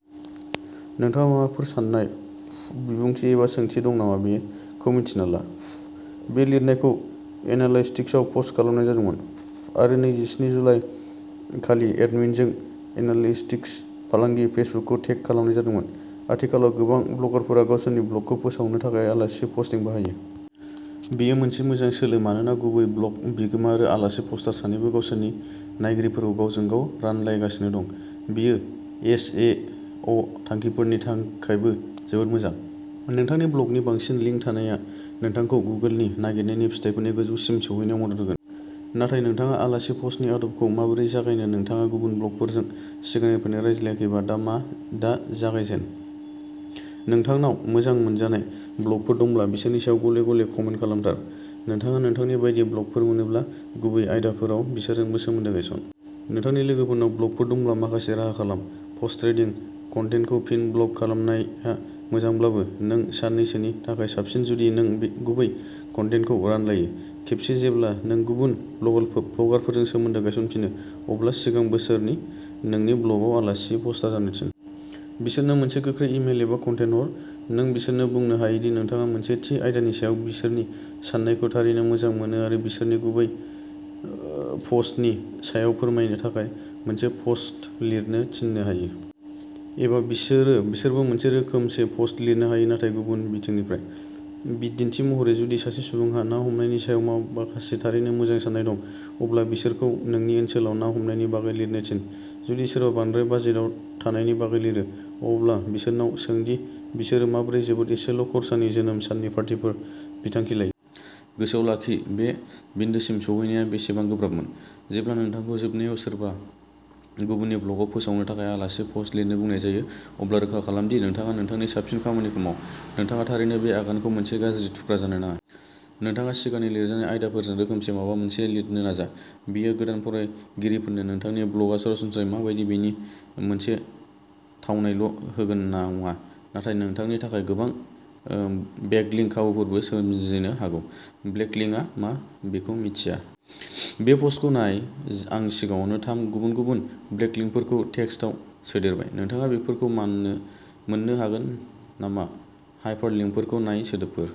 नोंथाङा माबाफोर साननाय, बिबुंथि एबा सोंथि दं नामा बेखौ मिन्थिना ला। बे लिरनायखौ एनालाइटिक्सआव पस्ट खालामनाय जादोंमोन आरो नैजिस्नि जुलाइ, खालि एडमिनजों एनालिटिक्स, फालांगि, फेसबुकखौ टेग खालामनाय जादोंमोन। आथिखालाव गोबां ब्लगारफोरा गावसोरनि ब्लगखौ फोसावनो थाखाय आलासि पस्टिं बाहायो। बेयो मोनसे मोजां सोलो मानोना गुबै ब्लग बिगोमा आरो आलासि पस्टार सानैबो गावसोरनि नायगिरिफोरखौ गावजों गाव रानलायगासिनो दं। बेयो एस इ अ थांखिफोरनि थाखायबो जोबोद मोजां। नोंथांनि ब्लगनि बांसिन लिंक थानाया नोंथांखौ गुगोलनि नागिरनायनि फिथायफोरनि गोजौसिम सौहैनायाव मदद होगोन। नाथाय नोंथाङा आलासि पस्टनि आदबखौ माबोरै जागायनो नोंथाङा गुबुन ब्लगफोरजों सिगांनिफ्रायनो रायज्लायाखैब्ला, दा जागायजेन। नोंथांनाव मोजां मोनजानाय ब्लगफोर दंब्ला, बिसोरनि सायाव गले-गले कमेन्ट खालामथार। नोंथाङा नोंथांनि बायदि ब्लगफोर मोनोब्ला, गुबैयै आयदाफोराव, बिसोरजोंबो सोमोन्दो गायसन। नोंथांनि लोगोफोरनाव ब्लगफोर दंब्ला, माखासे राहा खालाम। Post trading. कन्टेन्टखौ फिन ब्लग खालामनाया मोजांब्लाबो, नों सानैनिबो थाखाय साबसिन जुदि नों गुबै कन्टेन्टखौ रानलायो। खेबसे जेब्ला नों गुबुन ब्लगारफोरजों सोमोन्दो गायसनफिनो, अब्ला सिगां बिसोरखौ नोंनि ब्लगआव आलासि पस्टार जानो थिन। बिसोरनो मोनसे गोख्रै इमेल एबा कमेन्ट हर। नों बिसोरनो बुंनो हायो दि नोंथाङा मोनसे थि आयदानि सायाव बिसोरनि साननायखौ थारैनो मोजां मोनो आरो बिसोरनो बै गुबै पस्टनि सायाव फोरमायनो थाखाय मोनसे पस्ट लिरनो थिननो हायो। एबा बिसोरबो मोनसे रोखोमसे पस्ट लिरनो हायो, नाथाय गुबुन बिथिंनिफ्राय। बिदिन्थि महरै, जुदि सासे सुबुंहा ना हमनायनि सायाव माखासे थारैनो मोजां सान्नाय दं, अब्ला बिसोरखौ नोंनि ओनसोलाव ना हमनायनि बागै लिरनो थिन। जुदि सोरबा बांद्राय बाजेटाव थानायनि बागै लिरो, अब्ला बिसोरनाव सों दि बिसोरो माबोरै जोबोद एसेल'खरसानि जोनोम साननि पार्टिफोर बिथांखि लायो। गोसोआव लाखि बे बिन्दोसिम सौहैनाया बेसेबां गोब्राबमोन? जेब्ला नोंथांखौ जोबनायाव सोरबा गुबुननि ब्लगआव फोसावनो थाखाय आलासि पस्ट लिरनो बुंनाय जायो, अब्ला रोखा खालाम दि नोंथाङा नोंथांनि साबसिन खामानिखौ माव। नोंथाङा थारैनो बे आगानखौ मोनसे गाज्रि थुख्रा जानो नाङा। नोंथाङा सिगांनि लिरजानाय आयदाफोरजों रोखोमसे माबा मोनसे लिरनो नाजा। बेयो गोदान फरायगिरिफोरनो नोंथांनि ब्लगआ सरासनस्रायै मा बायदि बेनि मोनसे थावनायल' होगोन नङा, नाथाय नोंथांनि थाखाय गोबां ओ बेकलिङ्क खाबुफोरबो सोरजिनो हागोन। बेकलिङ्किंआ मा बेखौ मिन्थिया। बे पस्टखौनो नाय। आं सिगाङावनो थाम गुबुन-गुबुन बेकलिङ्कफोरखौ टेक्सटआव सोदेरबाय। नोंथाङा बेफोरखौ माननो मोन्नो हागोन नामा हाइपारलिङ्कफोरखौ नाय सोदोबफोर।